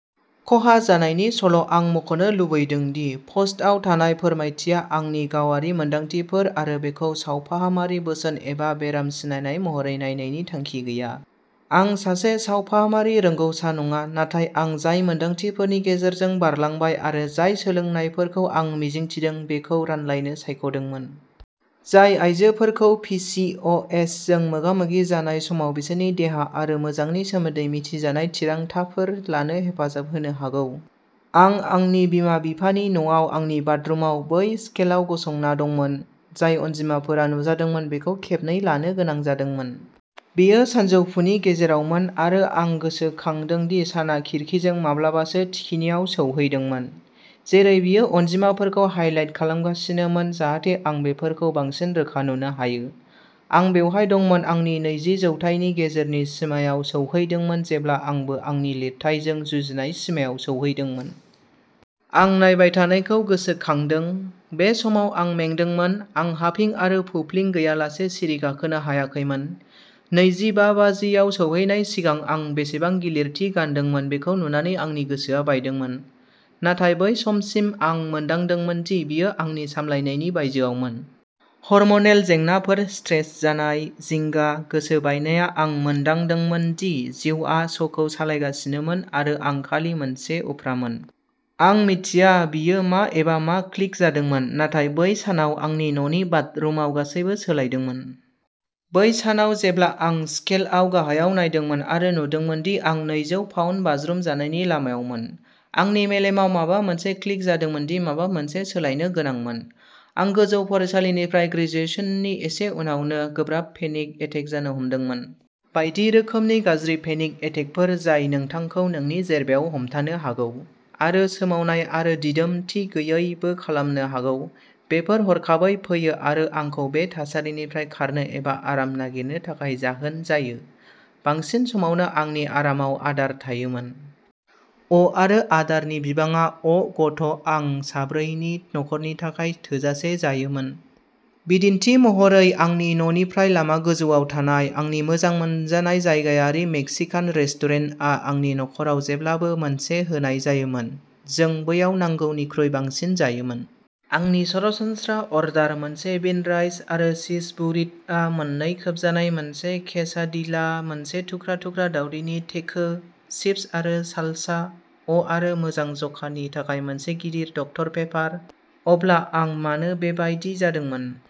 खहा जानायनि सल' आं मख'नो लुबैदों दि प'स्टआव थानाय फोरमायथिया आंनि गावारि मोनदांथिफोर आरो बेखौ सावफाहामारि बोसोन एबा बेराम सिनायनाय महरै नायनायनि थांखि गैया। आं सासे सावफाहामारि रोंग'सा नङा। नाथाय आं जाय मोनदांथिफोरनि गेजेरजों बारलांबाय आरो जाय सोलोंनायफोरखौ आं मिजिं थिदों बेखौ रानलायनो सायख'दोंमोन। जाय आयजोफोरखौ पि चि अ एस जों मोगा-मोगि जानाय समाव बिसोरनि देहा आरो मोजांनि सोमोन्दै मिथिजानाय थिरांथाफोर लानो हेफाजाब होनो हागौ। आं आंनि बिमा-बिफानि न'आव आंनि बाथरुमआव बै स्केलआव गसंना दंमोन। जाय अनजिमाफोरा नुजादोंमोन बेखौ खेबनै लानो गोनां जादोंमोन। बेयो सानजौफुनि गेजेरावमोन आरो आं गोसोखांदों दि साना खिरखिजों माब्लाबासो थिखिनियाव सौहैदोंमोन। जेरै बेयो अनजिमाफोरखौ हाइलाइट खालामगासिनोमोन जाहाथे आं बेफोरखौ बांसिन रोखा नुनो हायो। आं बेवहाय दंमोन आंनि नैजि जौथायनि गेजेरनि सिमायाव सौहैदोंमोन जेब्ला आंबो आंनि लिरथायजों जुजिनाय सिमायाव सौहैदोंमोन। आं नायबाय थानायखौ गोसोखांदों। बे समाव आं मेंदोंमोन। आं हाफिं आरो फुफ्लिं गैयालासे सिरि गाखोनो हायाखैमोन। नैजि बा बाजिआव सौहैनायनि सिगां आं बेसेबां गिलिरथि गानदोंमोन बेखौ नुनानै आंनि गोसोआ बायदोंमोन। नाथाय बै समसिम आं मोनदांदोंमोन दि बेयो आंनि सामलायनायनि बायजोआवमोन। हरम'नेल जेंनाफोर स्ट्रेस जानाय, जिंगा, गोसो बायनाया आं मोनदांदोंमोन दि जिउआ श'खौ सालायगासिनोमोन आरो आं खालि मोनसे उफ्रामोन। आं मिथिया बेयो मा एबा मा क्लिक जादोंमोन। नाथाय बै सानाव आंनि न'नि बाथरुमाव गासैबो सोलायदोंमोन। बै सानाव जेब्ला आं स्केलआव गाहायाव नायदोंमोन आरो नुदोंमोन दि आं नैजौ पाउन्द बाज्रुम जानायनि लामायावमोन। आंनि मेलेमाव माबा मोनसे क्लिक जादोंमोन दि माबा मोनसे सोलायनो गोनांमोन। आं गोजौ फरायसालिनिफ्राय ग्रेजुएशननि एसे उनावनो गोब्राब पेनिक एटेक जानो हमदोंमोन। बायदि रोखोमनि गाज्रि पेनिक एटेकफोर जाय नोंथांखौ नोंनि जेरबायाव हमथानो हागौ। आरो सोमावनाय आरो दिदोमथि गैयैबो खालामनो हागौ। बेफोर हरखाबै फैयो आरो आंखौ बे थासारिनिफ्राय खारनो एबा आराम नागिरनो थाखाय जाहोन जायो। बांसिन समावनो आंनि आरामाव आदार थायोमोन। अ आरो आदारनि बिबाङा अ' गथ' आं साब्रैनि नखरनि थाखाय थोजासे जायोमोन। बिदिन्थि महरै आंनि न'निफ्राय लामा गोजौआव थानाय आंनि मोजां मोनजानाय जायगायारि मेक्सिकान रेस्टुरेन्टआ आंनि न'खराव जेब्लाबो मोनसे होनाय जायोमोन। जों बैयाव नांगौनिख्रुइ बांसिन जायोमोन। आंनि सरासनस्रा अरडार मोनसे बिन राइस आरो चीज बुरिट आ मोननै खोबजानाय मोनसे केसाडिला मोनसे थुख्रा-थुख्रा दावदैनि टेको, चिप्स आरो सालसा, अ आरो मोजां जखानि थाखाय मोनसे गिदिर डक्टर पेपार। अब्ला आं मानो बेबायदि जादोंमोन?